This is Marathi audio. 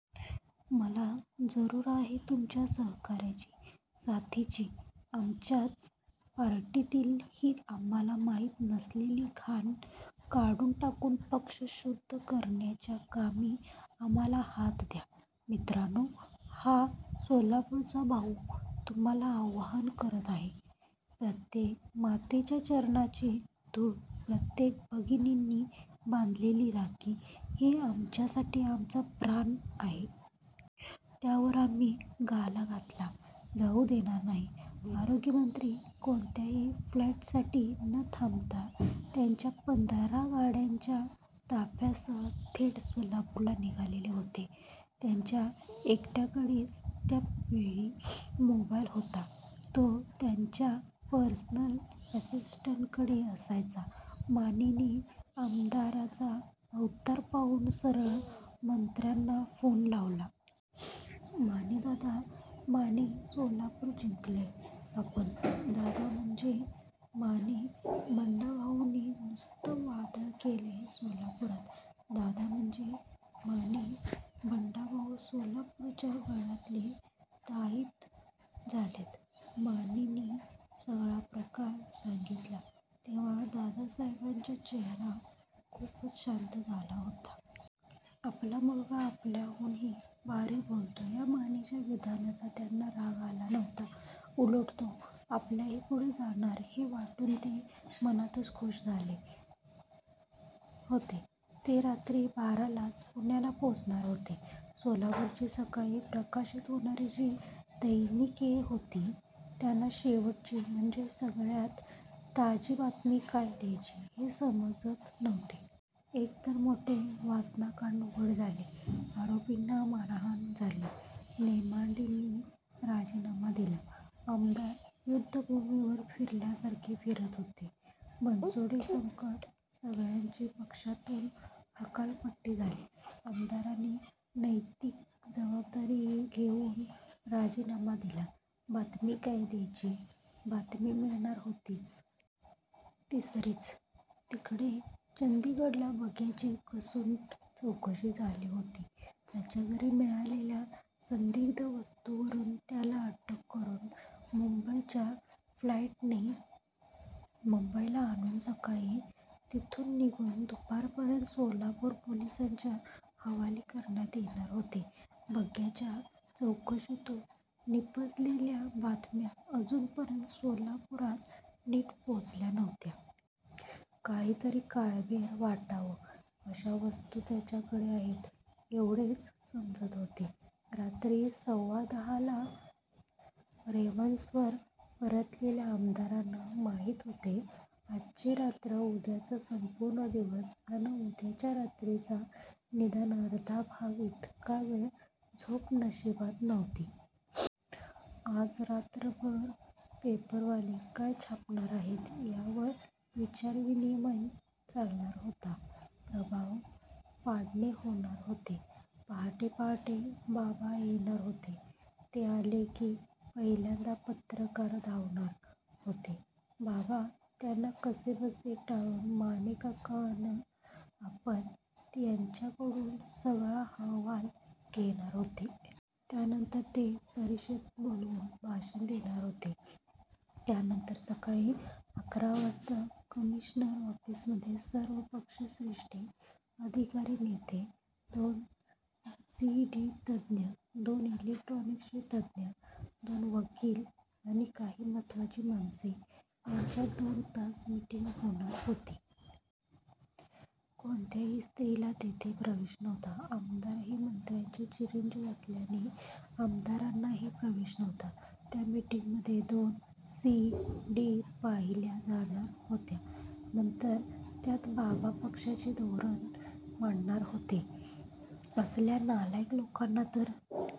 मला जरूर आहे तुमच्या सहकार्याची, साथीची! आमच्याच पार्टीतील ही आम्हाला माहीत नसलेली घाण काढून टाकून पक्ष शुद्ध करण्याच्या कामी आम्हाला हात द्या मित्रांनो! हा सोलापूरचा भाऊ तुम्हाला आवाहन करत आहे. प्रत्येक मातेच्या चरणांची धूळ, प्रत्येक भगिनीने बांधलेली राखी ही आमच्यासाठी आमचा प्राण आहे. त्यावर आम्ही घाला घातला जाऊ देणार नाही... आरोग्यमंत्री कोणत्याही फ़्लाईटसाठी न थांबता त्यांच्या पंधरा गाड्यांच्या ताफ़्यासह थेट सोलापूरला निघालेले होते. त्यांच्या एकट्य़ाकडेच त्या वेळी मोबाईल होता. तो त्यांच्या पर्सनल असिस्टंटकडे असायचा. मानेने आमदारांचा अवतार पाहून सरळ मंत्र्यांना फ़ोन लावला. माने दादा, माने सोलापूर जिंकलंय आपण.. दादा म्हणजे? माने बंडाभाऊंनी नुसतं वादळ केलय सोलापुरात दादा म्हणजे?? माने बंडाभाऊ सोलापुरच्या गळ्यातले ताईत झालेत. मानेंनी सगळा प्रकार सांगीतला तेव्हा दादासाहेबांच्या चेहरा खूपच शांत झाला होता. आपला मुलगा आपल्याहूनही भारी बोलतो या मानेच्या विधानाचा त्यांना राग आला नव्हता. उलट तो आपल्याही पुढे जाणार हे वाटून ते मनातच खुष झाले होते. ते रात्री बारालाच पुण्याला पोचणार होते. सोलापूरची सकाळी प्रकाशित होणारी जी दैनिके होती त्यांना शेवटची, म्हणजे सगळ्यात ताजी बातमी काय द्यायची हेच समजत नव्हते. एकतर मोठे वासनाकांड उघड झाले. आरोपींना मारहाण झाली. नेमाडेंनी राजीनामा दिला. आमदार युद्धभूमीवर फ़िरल्यासारखे फ़िरत होते. बनसोडेंसकट सगळ्यांची पक्षातून हकालपट्टी झाली. आमदारांनी नैतिक जबाबदारी घेऊन राजीनामा दिला. बातमी काय द्यायची? बातमी मिळणार होतीच. तिसरीच! तिकडे चंदीगडला बग्गाची कसून चौकशी झाली होती. त्याच्या घरी मिळालेल्या संदिग्ध वस्तूंवरून त्याला अटक करून मुंबईच्या फ़्लाईटने मुंबईला आणून सकाळी तिथून निघून दुपारपर्यंत सोलापूर पोलिसांच्या हवाली करण्यात येणार होते. बग्गाच्या चौकशीतून निपजलेल्या बातम्या अजूनपर्यंत सोलापुरात नीट पोचल्या नव्हत्या. काहीतरी काळबेरं वाटावं अशा वस्तू त्याच्याकडे आहेत एवढेच समजत होते. रात्री सव्वा दहाला रेव्हन्सवर परतलेल्या आमदारांना माहीत होते. आजची रात्र, उद्याचा संपूर्ण दिवस अन उद्याच्या रात्रीचा निदान अर्धा भाग, इतका वेळ झोप नशीबात नव्हती. आज रात्रभर पेपरवाले काय छापणार आहेत यावर विचारविनिमय चालणार होता. प्रभाव पाडणे होणार होते. पहाटे पहाटे बाबा येणार होते. ते आले की पहिल्यांदा पत्रकार धावणार होते. बाबा त्यांना कसेबसे टाळून मानेकाका अन आपण यांच्याकडून सगळा अहवाल घेणार होते. त्यानंतर ते परिषद बोलवून भाषण देणार होते. त्यानंतर सकाळी अकरा वाजता कमिशनर ऒफ़ीसमधे सर्व पक्षश्रेष्ठी, अधिकारी, नेते, दोन सी. डी. तञ, दोन इलेक्ट्रॊनिकचे तञ, दोन वकील आणि काही महत्वाची माणसे यांच्यात दोन तास मीटिंग होणार होती. कोणत्याही स्त्रीला तेथे प्रवेश नव्हता. आमदार हे मंत्र्यांचे चिरंजीव असल्याने आमदारांनाही प्रवेश नव्हता. त्या मीटिंगमधे दोन सी. डी. पाहिल्या जाणार होत्या. नंतर त्यात बाबा पक्षाचे धोरण मांडणार होते. असल्या नालायक लोकांना तर